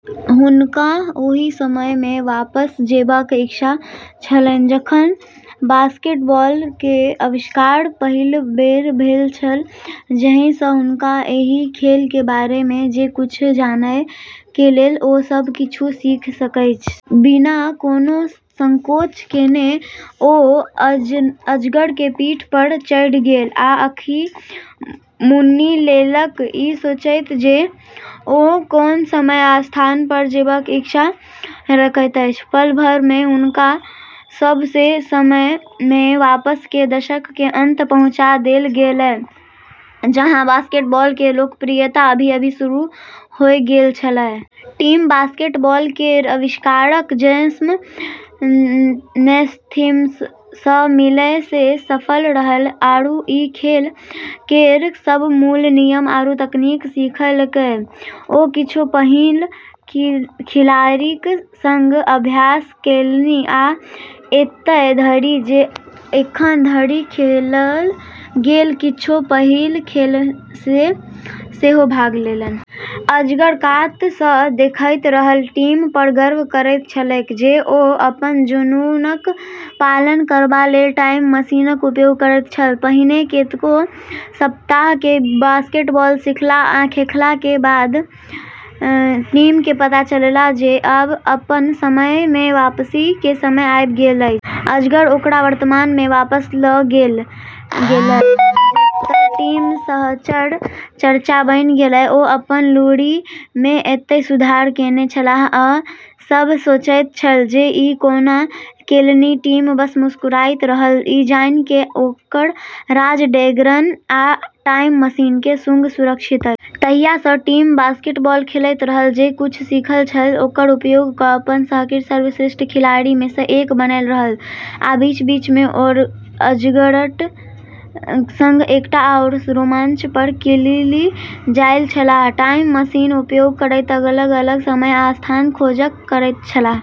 हुनका ओहि समय मे वापस जेबाक इच्छा छलनि जखन बास्केटबॉल के आविष्कार पहिल बेर भेल छल, जाहि सं हुनका एहि खेल के बारे मे जे किछु जानय के छल ओ सब किछु सीख सकय। बिना कोनो संकोच केने ओ अजगर के पीठ पर चढ़ि गेल आ आँखि मुनि लेलक, ई सोचैत जे ओ कोन समय आ स्थान पर जेबाक इच्छा रखैत अछि। पल भर में हुनका सब के समय में वापस, के दशक के अंत में पहुंचा देल गेलै, जहां बास्केटबॉल के लोकप्रियता अभी-अभी शुरू होय गेल छेलै। टिम बास्केटबॉल केर आविष्कारक जेम्स नैस्मिथ स मिलै मे सफल रहलै आरू ई खेल केर सब मूल नियम आरू तकनीक सीखलकै। ओ किछु पहिल खिलाड़ीक संग अभ्यास केलनि आ एतय धरि जे एखन धरि खेलल गेल किछु पहिल खेल मे सेहो भाग लेलनि। अजगर कात सॅ देखैत रहल, टिम पर गर्व करैत छलैक जे ओ अपन जुनूनक पालन करबा लेल टाइम मशीनक उपयोग करैत छल। पहिने कतेको सप्ताह के बास्केटबॉल सीखला आ खेलला के बाद टिम के पता चलल जे आब अपन समय में वापसी के समय आबि गेल अछि। अजगर ओकरा वर्तमान मे वापस ल' गेलै, जतय टिम शहरक चर्चा बनि गेलै। ओ अपन लूरि मे एतेक सुधार केने छलाह, आ सभ सोचैत छल जे ई कोना केलनि। टिम बस मुस्कुराइत रहल, ई जानि जे ओकर राज ड्रैगन आ टाइम मशीन के संग सुरक्षित अछि। तहिया सँ टिम बास्केटबॉल खेलैत रहल, जे किछु सीखल छल ओकर उपयोग क' अपन शहरक सर्वश्रेष्ठ खिलाड़ी मे सँ एक बनैत रहल। आ बीच-बीच मे ओ अजगरक संग एकटा आओर रोमांच पर निकलि जाइत छलाह, टाइम मशीनक उपयोग करैत अलग-अलग समय आ स्थानक खोज करैत छलाह।